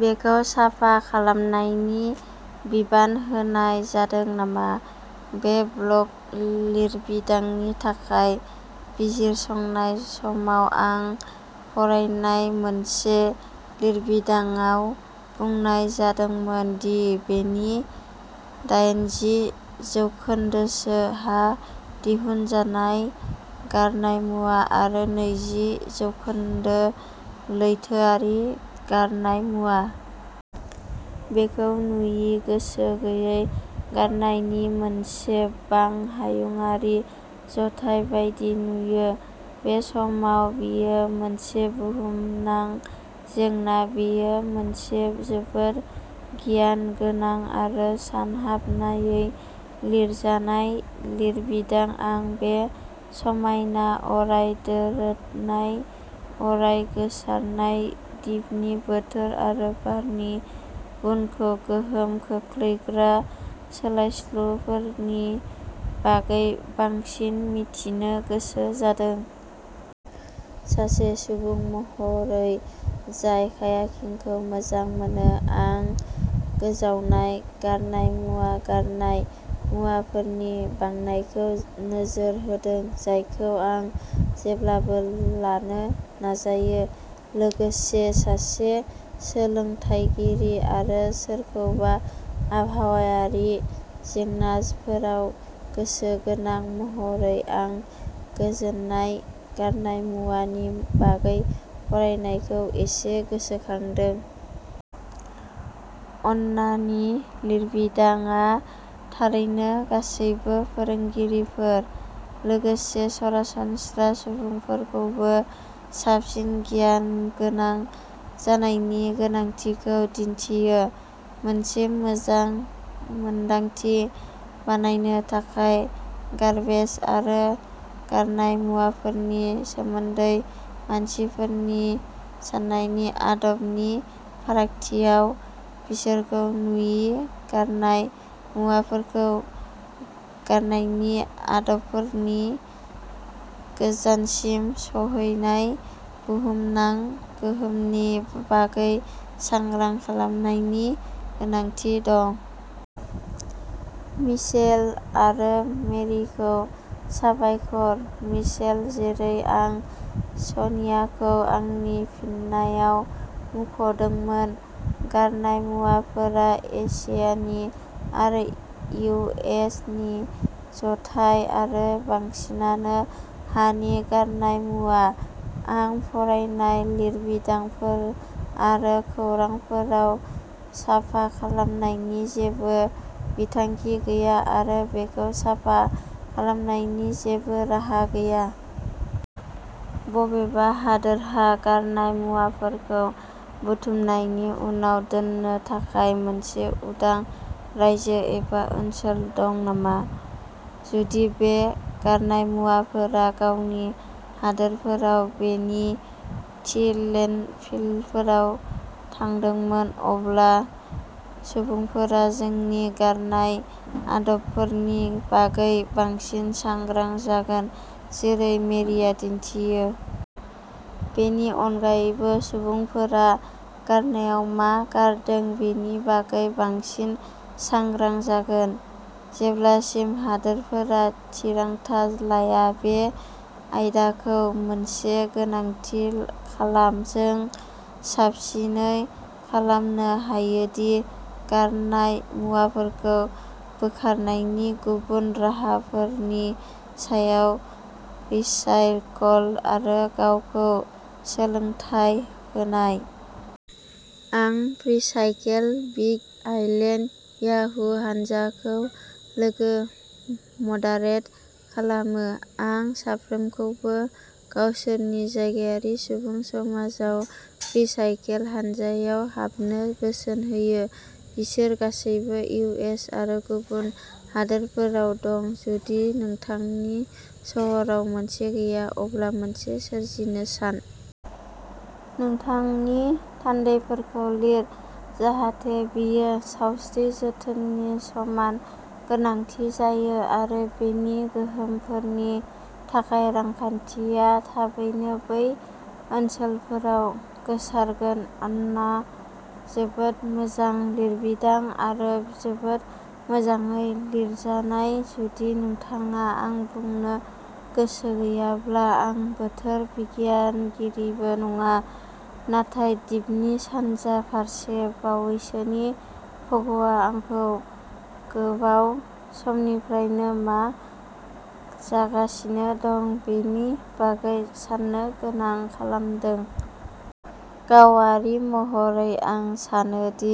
बेखौ साफा खालामनायनि बिबान होनाय जादों नामा? बे ब्लग लिरबिदांनि थाखाय बिजिरसंनाय समाव आं फरायनाय मोनसे लिरबिदांआव बुंनाय जादोंमोन दि बेनि दायेनजि जौखोन्दोसो हा दिहुनजानाय गारनाय मुवा आरो नैजि जौखोन्दो लैथोआरि गारनाय मुवा। बेखौ नुयि, गोसो गैयै गारनायनि मोनसे बां-हायुंआरि जथाय बायदि नुयो। बे समाव बेयो मोनसे बुहुमनां जेंना। बेयो मोनसे जोबोद गियान गोनां आरो सानहाबनायै लिरजानाय लिरबिदां। आं बे समायना, अराय दोरोदनाय, अराय गोसारनाय दिपनि बोथोर आरो बारनि गुनखौ गोहोम खोख्लैग्रा सोलायस्लुफोरनि बागै बांसिन मिथिनो गोसो जादों। सासे सुबुं महरै जाय कायाकिंखौ मोजां मोनो, आं गोजावनाय गारनाय मुवा गारनाय मुवाफोरनि बांनायखौ नोजोर होदों, जायखौ आं जेब्लाबो लानो नाजायो। लोगोसे, सासे सोलोंथायगिरि आरो सोरखौबा आबहावायारि जेंनाफोराव गोसो गोनां महरै, आं गोजोनाय गारनाय मुवा नि बागै फरायनायखौ एसे गोसोखांदों। अन्नानि लिरबिदांआ थारैनो गासैबो फोरोंगिरिफोर, लोगोसे सरासनस्रा सुबुंफोरखौबो साबसिन गियान गोनां जानायनि गोनांथिखौ दिन्थियो। मोनसे मोजां मोनदांथि बानायनो थाखाय। गार्बेज आरो गारनाय मुवाफोरनि सोमोन्दै मानसिफोरनि साननायनि आदब नि फारागथियाव, बिसोरखौ नुयि गारनाय मुवाफोरखौ गारनायनि आदबफोरनि गोजानसिम सौहैनाय बुहुमनां गोहोमनि बागै सांग्रां खालामनायनि गोनांथि दं। मिचेल आरो मेरिखौ साबायखर। मिचेल, जेरै आं सनियाखौ आंनि फिननायाव मुंख'दोंमोन, गारनाय मुवाफोरा एसियानि आरो इउ एस नि जथाय आरो बांसिनानो हानि गारनाय मुवा। आं फरायनाय लिरबिदांफोर आरो खौरांफोराव, साफा खालामनायनि जेबो बिथांखि गैया आरो बेखौ साफा खालामनायनि जेबो राहा गैया। बबेबा हादोरहा गारनाय मुवाफोरखौ बुथुमनायनि उनाव दोननो थाखाय मोनसे उदां रायजो एबा ओनसोल दं नामा? जुदि बे गारनाय मुवाफोरा गावनि हादोरफोराव बेनि थि लेन्डफिलफोराव थांदोंमोन, अब्ला सुबुंफोरा जोंनि गारनाय आदबफोरनि बागै बांसिन सांग्रां जागोन, जेरै मेरिया दिन्थियो। बेनि अनगायैबो, सुबुंफोरा गारनायाव मा गारदों बेनि बागै बांसिन सांग्रां जागोन। जेब्लासिम हादोरफोरा थिरांथा लाया। बे आयदाखौ मोनसे गोनांथि खालाम, जों साबसिनै खालामनो हायोदि गारनाय मुवाफोरखौ बोखारनायनि गुबुन राहाफोरनि सायाव रिसाइकल आरो गावखौ सोलोंथाय होनाय। आं फ्रीसाइकेल बिग आइलेन्ड याहू हानजाखौ लोगो मदारेट खालामो। आं साफ्रोमखौबो गावसोरनि जायगायारि सुबुं समाजाव फ्रीसाइकेल हानजायाव हाबनो बोसोन होयो। बिसोर गासैबो इउ एस आरो गुबुन हादोरफोराव दं। जुदि नोंथांनि सोहोराव मोनसे गैया, अब्ला मोनसे सोरजिनो सान। नोंथांनि थान्दैफोरखौ लिर जाहाथे बेयो सावस्रि जोथोननि समान गोनांथि जायो आरो बेनि गोहोमफोरनि थाखाय रांखान्थिया थाबैनो बै ओनसोलफोराव गोसारगोन। आन्ना जोबोद मोजां लिरबिदां आरो जोबोद मोजाङै लिरजानाय जुदि नोंथाङा आं बुंनो गोसो गैयाब्ला आं बोथोर बिगियानगिरिबो नङा नाथाय दिपनि सानजा फारसे बावैसोनि भ'गआ आंखौ गोबाव समनिफ्रायनो मा जागासिनो दं बेनि बागै साननो गोनां खालामदों। गावारि महरै, आं सानो दि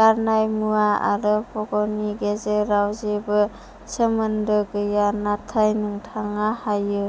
गारनाय मुवा आरो भ'गनि गेजेराव जेबो सोमोन्दो गैया, नाथाय नोंथाङा हायो।